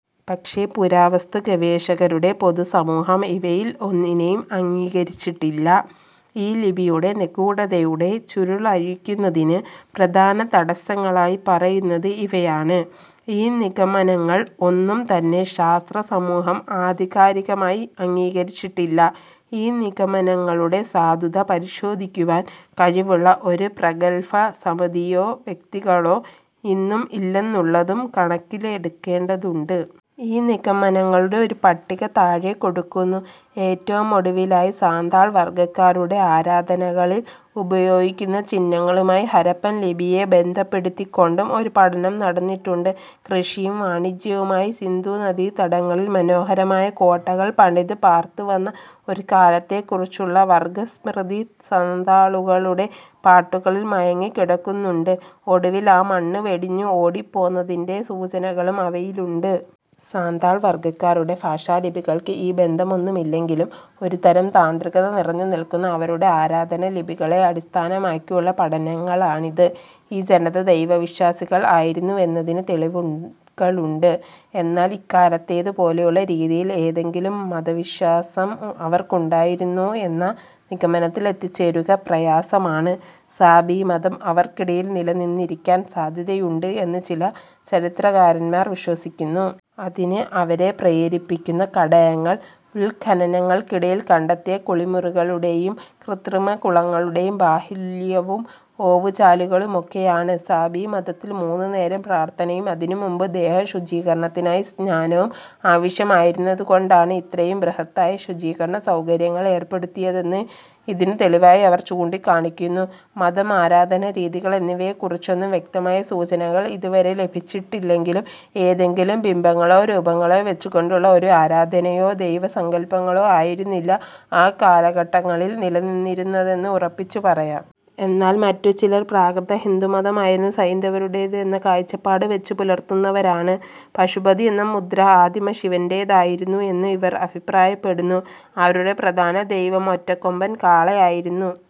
പക്ഷേ പുരാവസ്തുഗവേഷകരുടെ പൊതുസമൂഹം ഇവയിൽ ഒന്നിനെയും അംഗീകരിച്ചിട്ടില്ല. ഈ ലിപിയുടെ നിഗൂഢതയുടെ ചുരുളഴിക്കുന്നതിന് പ്രധാന തടസ്സങ്ങളായി പറയുന്നത് ഇവയാണ്: ഈ നിഗമനങ്ങൾ ഒന്നും തന്നെ ശാസ്ത്രസമൂഹം ആധികാരികമായി അംഗീകരിച്ചിട്ടില്ല. ഈ നിഗമനങ്ങളുടെ സാധുത പരിശോധിക്കുവാൻ കഴിവുള്ള ഒരു പ്രഗല്ഭ സമിതിയോ വ്യക്തികളോ ഇന്നും ഇല്ലെന്നുള്ളതും കണക്കിലെടുക്കേണ്ടതുണ്ട്. ഈ നിഗമനങ്ങളുടെ ഒരു പട്ടിക താഴെ കൊടുക്കുന്നു. ഏറ്റവും ഒടുവിലായി സാന്താൾവർഗ്ഗക്കാരുടെ ആരാധനകളിൽ ഉപയോഗിക്കുന്ന ചിഹ്നങ്ങളുമായി ഹരപ്പൻ ലിപിയെ ബന്ധപ്പെടുത്തിക്കൊണ്ടും ഒരു പഠനം നടന്നിട്ടുണ്ട്. കൃഷിയും വാണിജ്യവുമായി സിന്ധുനദീതടങ്ങളിൽ മനോഹരമായ കോട്ടകൾ പണിത് പാർത്തുവന്ന ഒരു കാലത്തെക്കുറിച്ചുള്ള വർഗസ്മൃതി സന്താളുകളുടെ പാട്ടുകളിൽ മയങ്ങിക്കിടക്കുന്നുണ്ട്. ഒടുവിൽ ആ മണ്ണ് വെടിഞ്ഞ് ഓടിപ്പോന്നതിന്റെ സൂചനകളും അവയിലുണ്ട്. സന്താൾ വർഗ്ഗക്കാരുടെ ഭാഷാലിപികൾക്ക് ഈ ബന്ധമൊന്നുമില്ലെങ്കിലും ഒരുതരം താന്ത്രികത നിറഞ്ഞുനിൽക്കുന്ന അവരുടെ ആരാധനാലിപികളെ അടിസ്ഥാനമാക്കിയുള്ള പഠനങ്ങളാണിത്. ഈ ജനത ദൈവവിശ്വാസികൾ ആയിരുന്നുവെന്നതിന് തെളിവുകളുണ്ട്. എന്നാൽ ഇക്കാലത്തേതുപോലെയുള്ള രീതിയിൽ ഏതെങ്കിലും മതവിശ്വാസം അവർക്കുണ്ടായിരുന്നോ എന്ന നിഗമനത്തിൽ എത്തിച്ചേരുക പ്രയാസമാണ്.. സാബി മതം അവർക്കിടയിൽ നിലനിന്നിരിക്കാൻ സാദ്ധ്യതയുണ്ട് എന്ന് ചില ചരിത്രകാരന്മാർ വിശ്വസിക്കുന്നു. അതിന് അവരെ പ്രേരിപ്പിക്കുന്ന ഘടകങ്ങൾ ഉത്ഖനനങ്ങൾക്കിടയിൽ കണ്ടെത്തിയ കുളിമുറികളുടേയും കൃത്രിമ കുളങ്ങളുടേയും ബാഹുല്യവും ഓവുചാലുകളുമൊക്കെയാണ്. സാബിമതത്തിൽ മൂന്നു നേരം പ്രാർത്ഥനയും അതിനു മുൻപ് ദേഹശുചീകരണത്തിനായി സ്നാനവും ആവശ്യമായിരുന്നതുകൊണ്ടാണ് ഇത്രയും ബൃഹത്തായ ശുചീകരണസൗകര്യങ്ങൾ ഏർപ്പെടുത്തിയതെന്ന് ഇതിന് തെളിവായി അവർ ചൂണ്ടിക്കാണിക്കുന്നു. മതം ആരാധനാ രീതികൾ എന്നിവയെക്കുറിച്ചൊന്നും വ്യക്തമായ സൂചനകൾ ഇതുവരെ ലഭിച്ചിട്ടില്ലെങ്കിലും ഏതെങ്കിലും ബിംബങ്ങളോ രൂപങ്ങളോ വെച്ചുകൊണ്ടുള്ള ഒരു ആരാധനയോ ദൈവ സങ്കൽപങ്ങളോ ആയിരുന്നില്ല ആ കാലഘട്ടങ്ങളിൽ നിലനിന്നിരുന്നതെന്ന് ഉറപ്പിച്ചു പറയാം. എന്നാൽ മറ്റു ചിലർ പ്രാകൃത ഹിന്ദുമതമായിരുന്നു സൈന്ധവരുടേത് എന്ന കാഴ്ചപ്പാട് വെച്ചു പുലർത്തുന്നവരാണ്.. പശുപതി എന്ന മുദ്ര ആദിമ ശിവന്റേതായിരുന്നു എന്ന് ഇവർ അഭിപ്രായപ്പെടുന്നു. അവരുടെ പ്രധാന ദൈവം ഒറ്റക്കൊമ്പൻ കാള ആയിരുന്നു